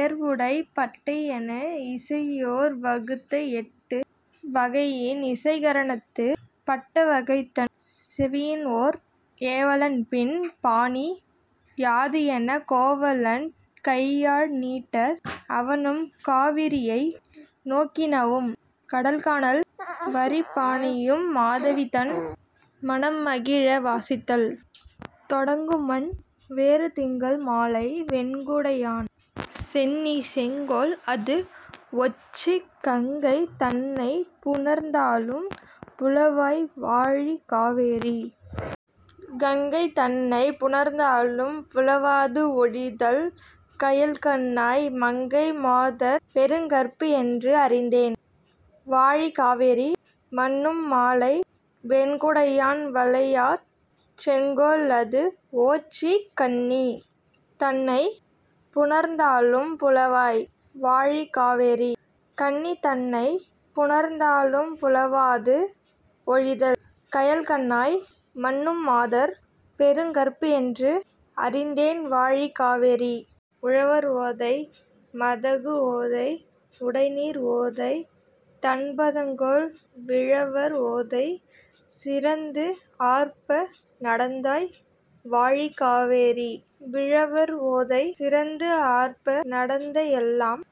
ஏர்உடைப் பட்டடைஎன இசையோர் வகுத்த எட்டு வகையின் இசைக்கர ணத்துப் பட்டவகைதன் செவியின்ஓர்த் ஏவலன், பின் பாணி யாதுஎனக் கோவலன் கையாழ் நீட்ட, அவனும் காவிரியை நோக்கினவும் கடல்கானல் வரிப்பாணியும் மாதவிதன் மனம்மகிழ வாசித்தல் தொடங்குமன். வேறு திங்கள் மாலை வெண்குடையான் சென்னி செங்கோல் அதுஒச்சிக் கங்கை தன்னைப் புணர்ந்தாலும் புலவாய் வாழி காவேரி. கங்கை தன்னைப் புணர்ந்தாலும் புலவாது ஒழிதல் கயல்கண்ணாய். மங்கை மாதர் பெருங்கற்புஎன்று அறிந்தேன் வாழி காவேரி. மன்னும் மாலை வெண்குடையான் வளையாச் செங்கோல் அதுஓச்சிக் கன்னி தன்னைப் புணர்ந்தாலும் புலவாய் வாழி காவேரி. கன்னி தன்னைப் புணர்ந்தாலும் புலவாது ஒழிதல் கயல்கண்ணாய். மன்னும் மாதர் பெருங்கற்புஎன்று அறிந்தேன் வாழி காவேரி. உழவர் ஓதை மதகுஓதை உடைநீர் ஓதை தண்பதங்கொள் விழவர் ஓதை சிறந்துஆர்ப்ப நடந்தாய் வாழி காவேரி. விழவர் ஓதை சிறந்துஆர்ப்ப நடந்த எல்லாம்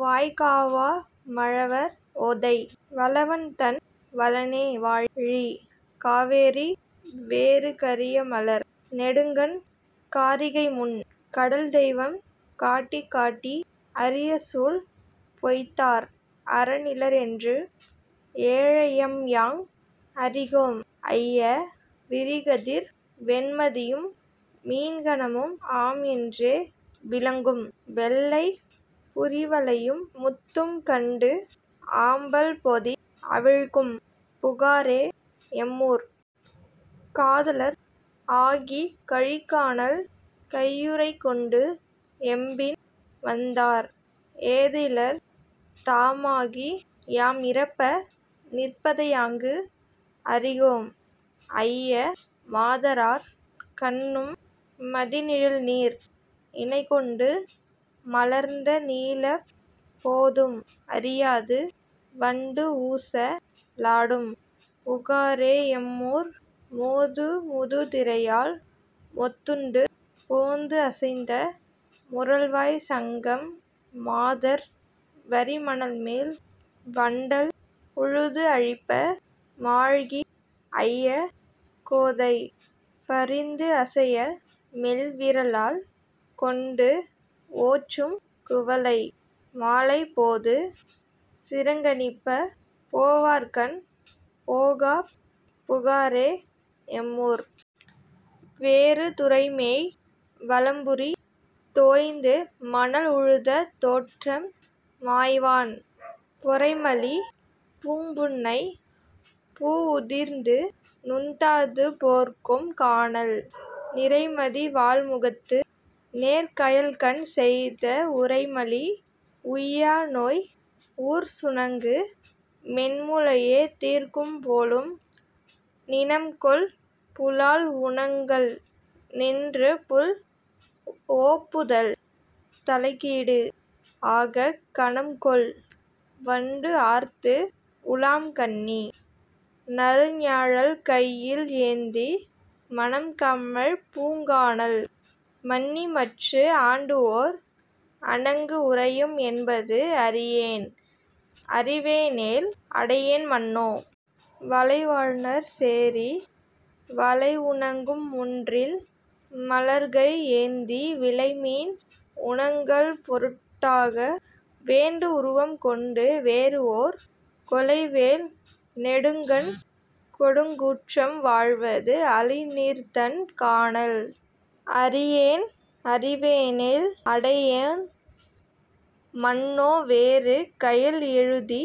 வாய்காவா மழவர் ஓதை வளவன்தன் வளனே வாழி காவேரி. வேறு கரியமலர் நெடுங்கண் காரிகைமுன் கடல்தெய்வம் காட்டிக் காட்டி அரியசூள் பொய்த்தார் அறன்இலர்என்று ஏழையம்யாங்கு அறிகோம் ஐய விரிகதிர் வெண்மதியும் மீன்கணமும் ஆம்என்றே விளங்கும் வெள்ளைப் புரிவளையும் முத்தும்கண்டு ஆம்பல் பொதிஅவிழ்க்கும் புகாரே எம்மூர். காதலர் ஆகிக் கழிக்கானல் கையுறைகொண்டு எம்பின் வந்தார் ஏதிலர் தாமாகி யாம்இரப்ப நிற்பதையாங்கு அறிகோம் ஐய மாதரார் கண்ணும் மதிநிழல்நீர் இணைகொண்டு மலர்ந்த நீலப் போதும் அறியாது வண்டுஊச லாடும் புகாரே எம்மூர். மோது முதுதிரையால் மொத்துண்டு போந்துஅசைந்த முரல்வாய்ச் சங்கம் மாதர் வரிமணல்மேல் வண்டல் உழுதுஅழிப்ப மாழ்கி ஐய கோதை பரிந்துஅசைய மெல்விரலால் கொண்டுஓச்சும் குவளை மாலைப் போது சிறங்கணிப்பப் போவார்கண் போகாப் புகாரே எம்மூர். வேறு துறைமேய் வலம்புரி தோய்ந்து மணல்உழுத தோற்றம் மாய்வான் பொறைமலி பூம்புன்னைப் பூஉதிர்ந்து நுண்தாது போர்க்கும் கானல் நிறைமதி வாள்முகத்து நேர்க்கயல்கண் செய்த உறைமலி உய்யாநோய் ஊர்சுணங்கு மென்முலையே தீர்க்கும் போலும். நிணம்கொள் புலால்உணங்கல் நின்றுபுள் ஓப்புதல் தலைக்கீடு ஆகக் கணம்கொள் வண்டுஆர்த்து உலாம்கன்னி நறுஞாழல் கையில் ஏந்தி மணம்கமழ் பூங்கானல் மன்னிமற்று ஆண்டுஓர் அணங்குஉறையும் என்பது அறியேன் அறிவேனேல் அடையேன் மன்னோ. வலைவாழ்நர் சேரி வலைஉணங்கும் முன்றில் மலர்கை ஏந்தி விலைமீன் உணங்கல் பொருட்டாக வேண்டுஉருவம் கொண்டு வேறுஓர் கொலைவேல் நெடுங்கண் கொடுங்கூற்றம் வாழ்வது அலைநீர்த்தண் கானல் அறியேன் அறிவேனேல் அடையேன் மன்னோ. வேறு கயல்எழுதி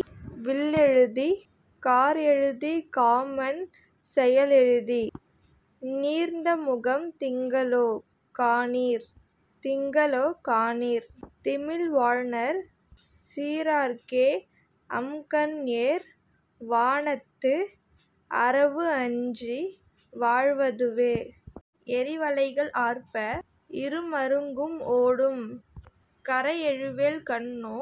வில்எழுதிக் கார்எழுதிக் காமன் செயல்எழுதித் தீர்ந்தமுகம் திங்களோ காணீர். திங்களோ காணீர் திமில்வாழ்நர் சீறூர்க்கே அம்கண்ஏர் வானத்து அரவுஅஞ்சி வாழ்வதுவே. எறிவளைகள் ஆர்ப்ப இருமருங்கும் ஓடும் கறைகெழுவேல் கண்ணோ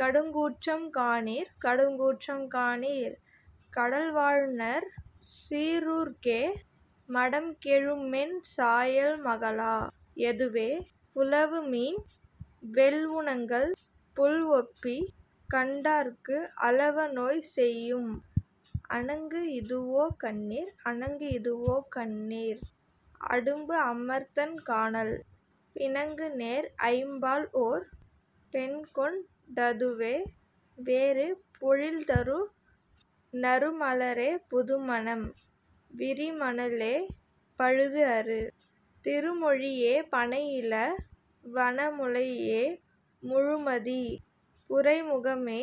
கடுங்கூற்றம் காணீர். கடுங்கூற்றம் காணீர் கடல்வாழ்நர் சீறூர்க்கே மடம்கெழுமென் சாயல் மகளா யதுவே. புலவுமீன் வெள்உணங்கல் புள்ஓப்பிக் கண்டார்க்கு அலவநோய் செய்யும் அணங்குஇதுவோ காணீர். அணங்குஇதுவோ காணீர் அடும்புஅமர்த்தண் கானல் பிணங்குநேர் ஐம்பால்ஓர் பெண்கொண் டதுவே. வேறு பொழில்தரு நறுமலரே புதுமணம் விரிமணலே பழுதுஅறு திருமொழியே பணைஇள வனமுலையே முழுமதி புரைமுகமே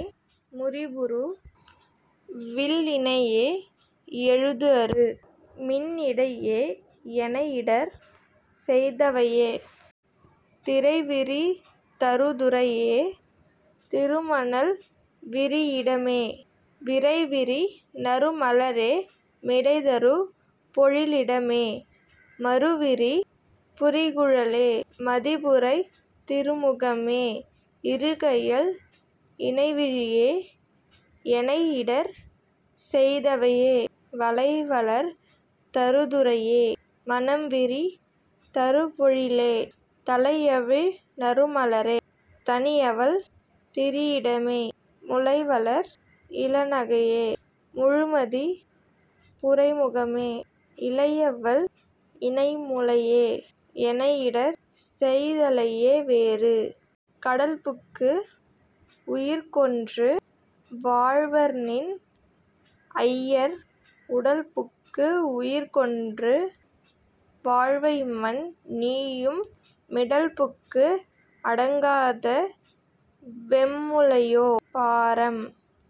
முரிபுரு வில்இணையே எழுதுஅரு மின்இடையே எனைஇடர் செய்தவையே. திரைவிரி தருதுறையே திருமணல் விரிஇடமே விரைவிரி நறுமலரே மிடைதரு பொழில்இடமே மருவிரி புரிகுழலே மதிபுரை திருமுகமே இருகயல் இணைவிழியே எனைஇடர் செய்தவையே. வளைவளர் தருதுறையே மணம்விரி தருபொழிலே தளைஅவிழ் நறுமலரே தனிஅவள் திரிஇடமே முளைவளர் இளநகையே முழுமதி புரைமுகமே இளையவள் இணைமுலையே எனைஇடர் செய்தவையே. வேறு கடல்புக்கு உயிர்க்கொன்று வாழ்வர்நின் ஐயர் உடல்புக்கு உயிர்க்கொன்று வாழ்வைமன் நீயும் மிடல்புக்கு அடங்காத வெம்முலையோ பாரம்